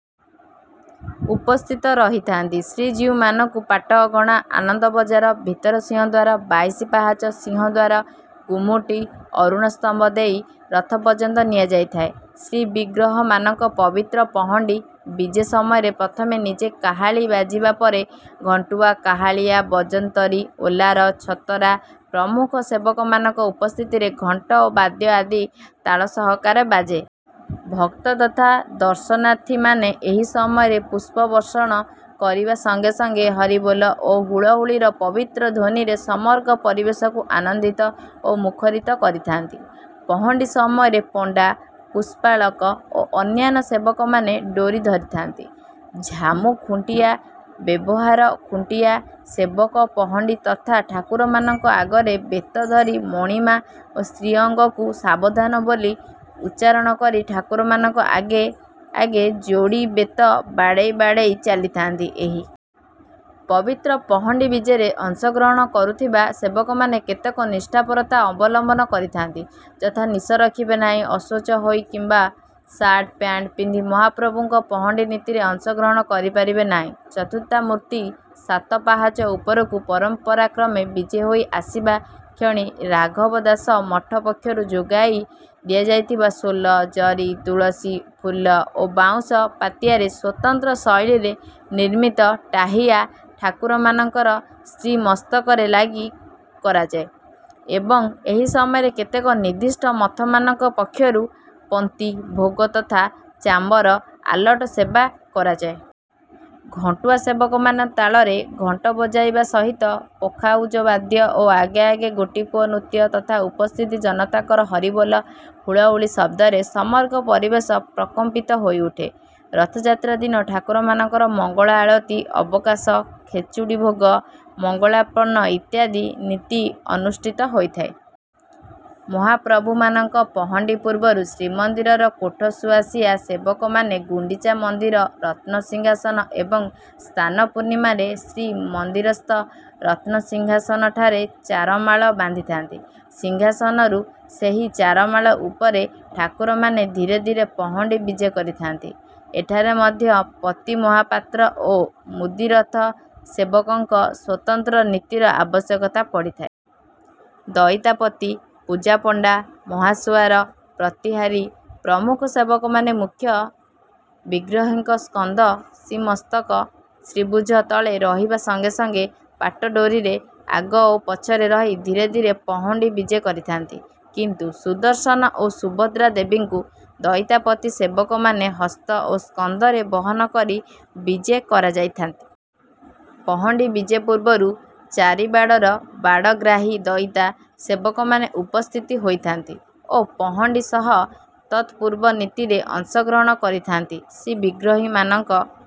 ଉପସ୍ଥିତ ରହିଥାନ୍ତି। ଶ୍ରୀଜୀଉମାନଙ୍କୁ ପାଟ ଅଗଣା, ଆନନ୍ଦ ବଜାର, ଭିତର ସିଂହଦ୍ୱାର, ବାଇଶି ପାହାଚ, ସିଂହଦ୍ୱାର, ଗୁମୁଟି, ଅରୁଣସ୍ତମ୍ଭ ଦେଇ ରଥ ପର୍ଯ୍ୟନ୍ତ ନିଆଯାଇଥାଏ। ଶ୍ରୀବିଗ୍ରହମାନଙ୍କ ପବିତ୍ର ପହଣ୍ଡି ବିଜେ ସମୟରେ ପ୍ରଥମେ ନିଜେ କାହାଳୀ ବାଜିବା ପରେ ଘଣ୍ଟୁଆ, କାହାଳିଆ, ବଜନ୍ତରୀ, ଓଲାର, ଛତରା ପ୍ରମୁଖ ସେବକମାନଙ୍କ ଉପସ୍ଥିତିରେ ଘଣ୍ଟ ଓ ବାଦ୍ୟ ଆଦି ତାଳ ସହକାରେ ବାଜେ। ଭକ୍ତ ତଥା ଦର୍ଶନାର୍ଥୀମାନେ ଏହି ସମୟରେ ପୁଷ୍ପବର୍ଷଣ କରିବା ସଙ୍ଗେ ସଙ୍ଗେ ହରିବୋଲ ଓ ହୁଳହୁଳିର ପବିତ୍ର ଧ୍ୱନିରେ ସମଗ୍ର ପରିବେଶକୁ ଆନନ୍ଦିତ ଓ ମୁଖରିତ କରିଥାନ୍ତି। ପହଣ୍ଡି ସମୟରେ ପଣ୍ଡା, ପୁଷ୍ପାଳକ ଓ ଅନ୍ୟାନ୍ୟ ସେବକମାନେ ଡୋରି ଧରିଥାନ୍ତି। ଛାମୁ ଖୁଣ୍ଟିଆ, ବେବହାର ଖୁଣ୍ଟିଆ ସେବକ ପହଣ୍ଡି ତଥା ଠାକୁରମାନଙ୍କ ଆଗରେ ବେତ ଧରି ମଣିମା, ଶ୍ରୀଅଙ୍ଗକୁ ସାବଧାନ ବୋଲି ଉଚ୍ଚାରଣ କରି ଠାକୁରମାନଙ୍କ ଆଗେ ଆଗେ ଯୋଡ଼ି ବେତ ବାଡ଼େଇ ବାଡ଼େଇ ଚାଲିଥାନ୍ତି। ଏହି ପବିତ୍ର ପହଣ୍ଡି ବିଜେରେ ଅଂଶଗ୍ରହଣ କରୁଥିବା ସେବକମାନେ କେତେକ ନିଷ୍ଠାପରତା ଅବଲମ୍ବନ କରିଥାନ୍ତି, ଯଥା ନିଶ ରଖିବେ ନାହିଁ। ଅଶୌଚ ହୋଇ କିମ୍ବା ସାର୍ଟ-ପ୍ୟାଣ୍ଟ ପିନ୍ଧି ମହାପ୍ରଭୁଙ୍କ ପହଣ୍ଡି ନୀତିରେ ଅଂଶଗ୍ରହଣ କରିପାରିବେ ନାହିଁ। ଚତୁର୍ଦ୍ଧାମୂର୍ତ୍ତି ସାତ ପାହାଚ ଉପରକୁ ପରମ୍ପରାକ୍ରମେ ବିଜେ ହୋଇ ଆସିବା କ୍ଷଣି ରାଘବ ଦାସ ମଠ ପକ୍ଷରୁ ଯୋଗାଇ ଦିଆଯାଇଥିବା ସୋଲ, ଜରି, ତୁଳସୀ, ଫୁଲ ଓ ବାଉଁଶ ପାତିଆରେ ସ୍ୱତନ୍ତ୍ର ଶୈଳୀରେ ନିର୍ମିତ 'ଟାହିଆ' ଠାକୁରମାନଙ୍କ ଶ୍ରୀମସ୍ତକରେ ଲାଗି କରାଯାଏ ଏବଂ ଏହି ସମୟରେ କେତେକ ନିର୍ଦ୍ଦିଷ୍ଟ ମଠମାନଙ୍କ ପକ୍ଷରୁ ପନ୍ତି ଭୋଗ ତଥା ଚାମର, ଆଲଟ ସେବା କରାଯାଏ। ଘଣ୍ଟୁଆ ସେବକମାନେ ତାଳରେ ଘଣ୍ଟ ବଜାଇବା ସହିତ ପଖାଉଜ ବାଦ୍ୟ ଓ ଆଗେ ଆଗେ ଗୋଟିପୁଅ ନୃତ୍ୟ ତଥା ଉପସ୍ଥିତ ଜନତାଙ୍କ ହରିବୋଲ, ହୁଳହୁଳି ଶବ୍ଦରେ ସମଗ୍ର ପରିବେଶ ପ୍ରକମ୍ପିତ ହୋଇଉଠେ। ରଥଯାତ୍ରା ଦିନ ଠାକୁରମାନଙ୍କ ମଙ୍ଗଳ ଆଳତି, ଅବକାଶ, ଖେଚୁଡ଼ି ଭୋଗ, ମଙ୍ଗଳାର୍ପଣ ଇତ୍ୟାଦି ନୀତି ଅନୁଷ୍ଠିତ ହୋଇଥାଏ। ମହାପ୍ରଭୁମାନଙ୍କ ପହଣ୍ଡି ପୂର୍ବରୁ ଶ୍ରୀମନ୍ଦିରର କୋଠସୁଆଁସିଆ ସେବକମାନେ ଗୁଣ୍ଡିଚା ମନ୍ଦିର ରତ୍ନସିଂହାସନ ଏବଂ ସ୍ନାନ ପୂର୍ଣ୍ଣିମାରେ ଶ୍ରୀମନ୍ଦିରସ୍ଥ ରତ୍ନସିଂହାସନଠାରେ ଚାରମାଳ ବାନ୍ଧିଥାନ୍ତି। ସିଂହାସନରୁ ସେହି ଚାରମାଳ ଉପରେ ଠାକୁରମାନେ ଧୀରେ ଧୀରେ ପହଣ୍ଡି ବିଜେ କରିଥାନ୍ତି। ଏଠାରେ ମଧ୍ୟ ପତିମହାପାତ୍ର ଓ ମୁଦିରଥ ସେବକଙ୍କ ସ୍ୱତନ୍ତ୍ର ନୀତିର ଆବଶ୍ୟକତା ପଡ଼ିଥାଏ। ଦଇତାପତି, ପୂଜାପଣ୍ଡା, ମହାସୁଆର, ପ୍ରତିହାରୀ ପ୍ରମୁଖ ସେବକମାନେ ମୁଖ୍ୟ ବିଗ୍ରହଙ୍କ ସ୍କନ୍ଧ, ଶ୍ରୀମସ୍ତକ, ଶ୍ରୀଭୁଜ ତଳେ ରହିବା ସଙ୍ଗେ ସଙ୍ଗେ ପାଟଡୋରିରେ ଆଗ ଓ ପଛରେ ରହି ଧୀରେ ଧୀରେ ପହଣ୍ଡି ବିଜେ କରିଥାନ୍ତି। କିନ୍ତୁ ସୁଦର୍ଶନ ଓ ସୁଭଦ୍ରା ଦେବୀଙ୍କୁ ଦଇତାପତି ସେବକମାନେ ହସ୍ତ ଓ ସ୍କନ୍ଧରେ ବହନ କରି ବିଜେ କରାଯାଇଥାନ୍ତି। ପହଣ୍ଡି ବିଜେ ପୂର୍ବରୁ ଚାରିବାଡ଼ର ବାଡ଼ଗ୍ରାହୀ ଦଇତା ସେବକମାନେ ଉପସ୍ଥିତି ହୋଇଥାନ୍ତି ଓ ପହଣ୍ଡି ସହ ତତ୍‌ପୂର୍ବ ନୀତିରେ ଅଂଶଗ୍ରହଣ କରିଥାନ୍ତି। ଶ୍ରୀବିଗ୍ରହମାନଙ୍କ...